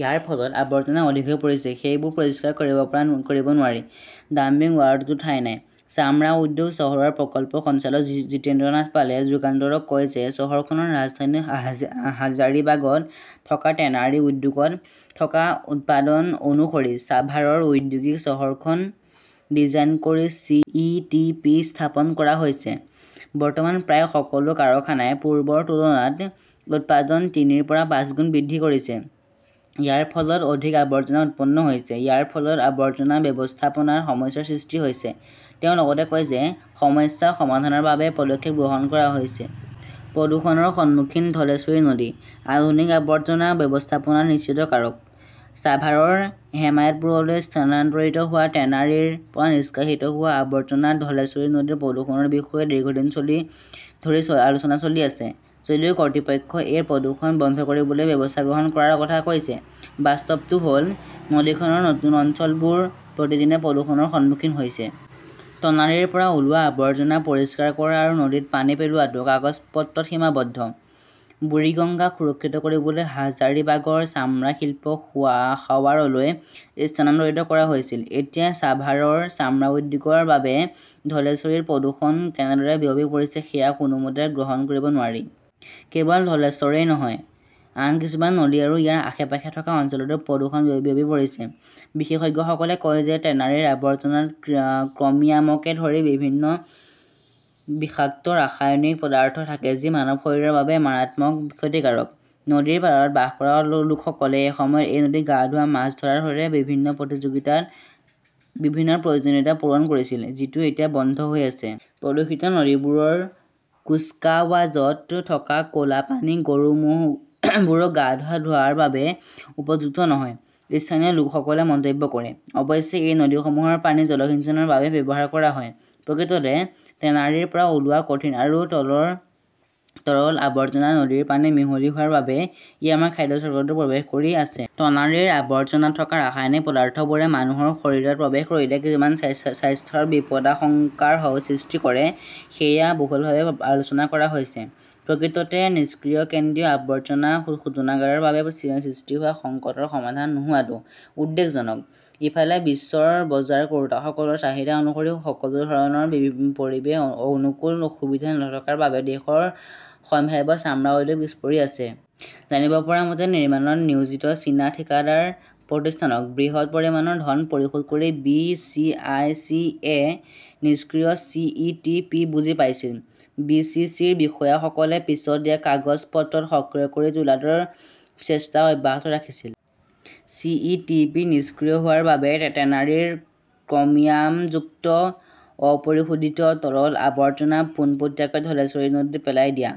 ইয়াৰ ফলত আৱৰ্জনা অধিক হৈ পৰিছে। সেইবোৰ পৰিষ্কাৰ কৰিব নোৱাৰি। ডাম্পিং ৱাৰ্ডতো ঠাই নাই। চামৰা উদ্যোগ চহৰৰ প্ৰকল্প সঞ্চালক জিতেন্দ্ৰ নাথ পালে যুগান্তৰক কয় যে চহৰখনৰ ৰাজধানী হাজাৰিবাগত থকা টেনাৰী উদ্যোগত থকা উৎপাদন অনুসৰি ছাভাৰৰ ঔদ্যোগিক চহৰখন ডিজাইন কৰি চি. ই. টি. পি. স্থাপন কৰা হৈছে। বৰ্তমান প্ৰায় সকলো কাৰখানাই পূৰ্বৰ তুলনাত উৎপাদন তিনিৰ পৰা পাঁচগুণ বৃদ্ধি কৰিছে। ইয়াৰ ফলত অধিক আৱৰ্জনা উৎপন্ন হৈছে। ইয়াৰ ফলত আৱৰ্জনা ব্যৱস্থাপনাত সমস্যাৰ সৃষ্টি হৈছে। তেওঁ লগতে কয় যে সমস্যাটো সমাধানৰ বাবে পদক্ষেপ গ্ৰহণ কৰা হৈছে। প্ৰদূষণৰ সন্মুখীন ধলেশ্বৰী নদী ।আধুনিক আৱৰ্জনা ব্যৱস্থাপনা নিশ্চিত কৰক। ছাভাৰৰ হেমায়তপুৰলৈ স্থানান্তৰিত হোৱা টেনাৰীৰ পৰা নিষ্কাশিত হোৱা আৱৰ্জনাত ধলেশ্বৰী নদীৰ প্ৰদূষণৰ বিষয়ে দীৰ্ঘদিন ধৰি আলোচনা চলি আছে। যদিও কৰ্তৃপক্ষই এই প্ৰদূষণ বন্ধ কৰিবলৈ ব্যৱস্থা গ্ৰহণ কৰাৰ কথা কৈছে, বাস্তৱটো হ'ল নদীখনৰ নতুন অঞ্চলবোৰ প্ৰতিদিনে প্ৰদূষণৰ সন্মুখীন হৈছে। টনাৰীৰ পৰা ওলোৱা আৱৰ্জনা পৰিষ্কাৰ কৰা আৰু নদীত পানী পেলোৱাটো কাগজ-পত্ৰত সীমাবদ্ধ। বুৰিগঙ্গাক সুৰক্ষিত কৰিবলৈ হাজাৰিবাগৰ চামৰা শিল্প সাৱাৰলৈ স্থানান্তৰিত কৰা হৈছিল। এতিয়া ছাভাৰৰ চামৰা উদ্যোগৰ বাবে ধলেশ্বৰীত প্ৰদূষণ কেনেদৰে বিয়পি পৰিছে সেয়া কোনোমতে গ্ৰহণ কৰিব নোৱাৰি। কেৱল ধলেশ্বৰেই নহয়, আন কিছুমান নদী আৰু ইয়াৰ আশে-পাশে থকা অঞ্চলতো প্ৰদূষণ বিয়পি পৰিছে। বিশেষজ্ঞসকলে কয় যে টেনাৰীৰ আৱৰ্জনাত ক্ৰমিয়ামকে ধৰি বিভিন্ন বিষাক্ত ৰাসায়নিক পদাৰ্থ থাকে, যি মানৱ শৰীৰৰ বাবে মাৰাত্মকভাৱে ক্ষতিকাৰক। নদীৰ পাৰত বাস কৰা লোকসকলে এসময়ত এই নদীত গা ধোৱা, মাছ ধৰাৰ দৰে বিভিন্ন প্ৰয়োজনীয়তা পূৰণ কৰিছিল, যিটো এতিয়া বন্ধ হৈ আছে। প্ৰদূষিত নদীবোৰৰ কুচকাৱাজত থকা ক'লা পানী গৰু, ম'হবোৰক গা ধোৱাৰ বাবেও উপযুক্ত নহয়, স্থানীয় লোকসকলে মন্তব্য কৰে। অৱশ্যে এই নদীসমূহৰ পানী জলসিঞ্চনৰ বাবে ব্যৱহাৰ কৰা হয়। প্ৰকৃততে টেনাৰীৰ পৰা ওলোৱা কঠিন আৰু তৰল আৱৰ্জনা নদীৰ পানীত মিহলি হোৱাৰ বাবে ই আমাৰ খাদ্য চক্ৰতো প্ৰৱেশ কৰি আছে। টনাৰীৰ আৱৰ্জনাত থকা ৰাসায়নিক পদাৰ্থবোৰে মানুহৰ শৰীৰত প্ৰৱেশ কৰিলে কিমান স্বাস্থ্যৰ বিপদাশংকাৰ সৃষ্টি কৰে সেয়া বহুলভাৱে আলোচনা কৰা হৈছে। প্ৰকৃততে নিষ্ক্ৰিয় কেন্দ্ৰীয় আৱৰ্জনা শোধনাগাৰ ৰ বাবে সৃষ্টি হোৱা সংকটৰ সমাধান নোহোৱাটো উদ্বেগজনক। ইফালে বিশ্বৰ বজাৰ কৰোঁতাসকলৰ চাহিদা অনুসৰি সকলো ধৰণৰ পৰিৱেশ অনুকূল সুবিধা নথকাৰ বাবে দেশখনৰ সম্ভাৱ্য চামৰা উদ্যোগ পিছ পৰি আছে। জানিব পৰা মতে, নিৰ্মাণত নিয়োজিত চীনা ঠিকাদাৰ প্ৰতিষ্ঠানক বৃহৎ পৰিমাণৰ ধন পৰিশোধ কৰি বি. চি. আই. চি.য়ে নিষ্ক্ৰিয় চি. ই. টি. পি. বুজি পাইছিল। বি. চি. চি. ৰ বিষয়াসকলে পিছত ইয়াক কাগজ পত্ৰত সক্ৰিয় কৰি তোলাৰ চেষ্টা অব্যাহত ৰাখিছিল। চি. ই. টি. পি. নিষ্ক্ৰিয় হোৱাৰ বাবে টেনাৰীৰ ক্ৰমিয়ামযুক্ত অপৰিশোধিত তৰল আৱৰ্জনা পোনপটীয়াকৈ ধলেশ্বৰী নদীত পেলাই দিয়া